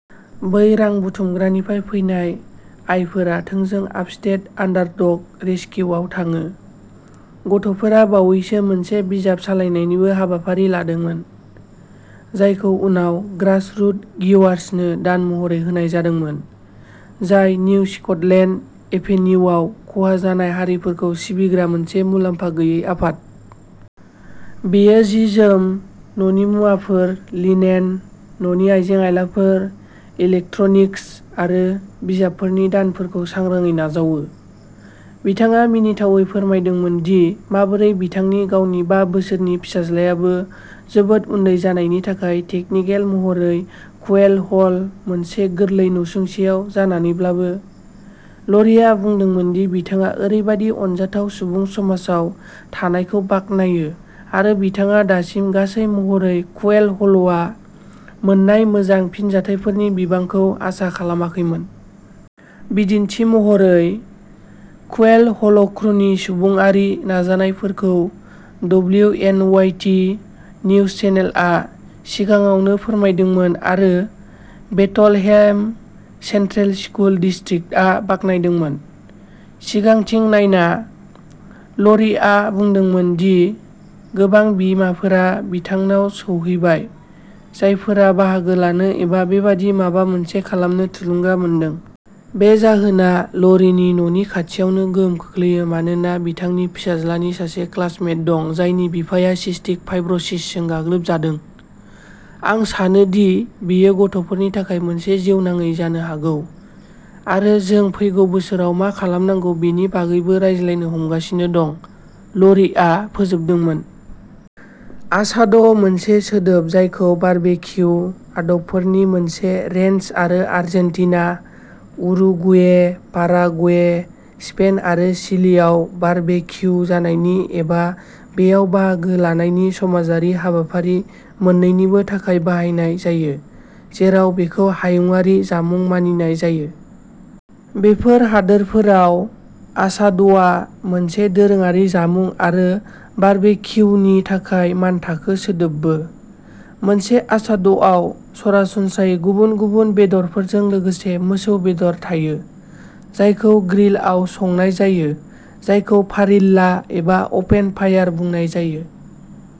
बै रां बुथुमग्रानिफ्राय फैनाय आयफोरा थोंजों आपस्टेट आन्डारडग रेसकिउआव थाङो। गथ'फोरा बावैसो मोनसे बिजाब सालायनायनिबो हाबाफारि लादोंमोन, जायखौ उनाव ग्रासरुट गिवार्सनो दान महरै होनाय जादोंमोन, जाय निउ स्कटलेन्ड एभेन्युआव खहा जानाय हारिफोरखौ सिबिग्रा मोनसे मुलाम्फा गैयै आफाद। बेयो जि-जोम, न'नि मुवाफोर, लिनेन, न'नि आइजें-आइलाफोर, इलेक्ट्रनिक्स आरो बिजाबफोरनि दानफोरखौ सांग्राङै नाजावो। बिथाङा मिनिथावै फोरमायदोंमोन दि माबोरै बिथांनि गावनि बा बोसोरनि फिसाज्लायाबो जोबोद उन्दै जानायनि थाखाय टेकनिकेल महरै क्वेल हल मोनसे गोरलै नसुंसेआव जानानैब्लाबो, ल'रिआ बुंदोंमोन दि बिथाङा ओरैबायदि अनजाथाव सुबुं समाजाव थानायखौ बाख्नायो आरो बिथाङा दासिम गासै महरै क्वेल हल'आ मोन्नाय मोजां फिनजाथायफोरनि बिबांखौ आसा खालामाखैमोन। बिदिन्थि महरै, क्वेल हल'क्रुनि सुबुंआरि नाजानायफोरखौ डब्लिउएनवाइटि निउजचेनेल आ सिगाङावनो फोरमायदोंमोन आरो बेथलहेम सेन्ट्रेल स्कुल डिस्ट्रिक्टआ बाख्नायदोंमोन। सिगांथिं नायना, ल'रिआ बुंदोंमोन दि गोबां बिमाफोरा बिथांनाव सौहैबाय जायफोरा बाहागो लानो एबा बेबादि माबा मोनसे खालामनो थुलुंगा मोनदों। बे जाहोना ल'रीनि न'नि खाथियावनो गोहोम खोख्लैयो मानोना बिथांनि फिसाज्लानि सासे क्लासमेट दं जायनि बिफाया सिस्टिक फाइब्र'सिसजों गाग्लोबजादों। "आं सानो दि बेयो गथ'फोरनि थाखाय मोनसे जिउनाङै जानो हागौ, आरो जों फैगौ बोसोराव मा खालामनांगौ बेनि बागैबो रायज्लायनो हमगासिनो दं", ल'रीआ फोजोबदोंमोन। आसाद' मोनसे सोदोब जायखौ बारबेक्यू आदबफोरनि मोनसे रेन्ज आरो आर्जेन्टिना, उरुगुवे, पाराग्वे, स्पेन आरो चिलीआव बारबेक्यू जानायनि एबा बेयाव बाहागो लानायनि समाजारि हाबाफारि मोन्नैनिबो थाखाय बाहायनाय जायो, जेराव बेखौ हायुंआरि जामुं मानिनाय जायो। बेफोर हादोरफोराव, आसाद'आ मोनसे दोरोङारि जामुं आरो "बारबेक्यू" नि थाखाय मानथाखो सोदोबबो। मोनसे आसाद'आव सरासनस्रायै गुबुन गुबुन बेदरफोरजों लोगोसे मोसौ बेदर थायो, जायखौ ग्रिलआव संनाय जायो, जायखौ पारिल्ला एबा अपेन फायार बुंनाय जायो।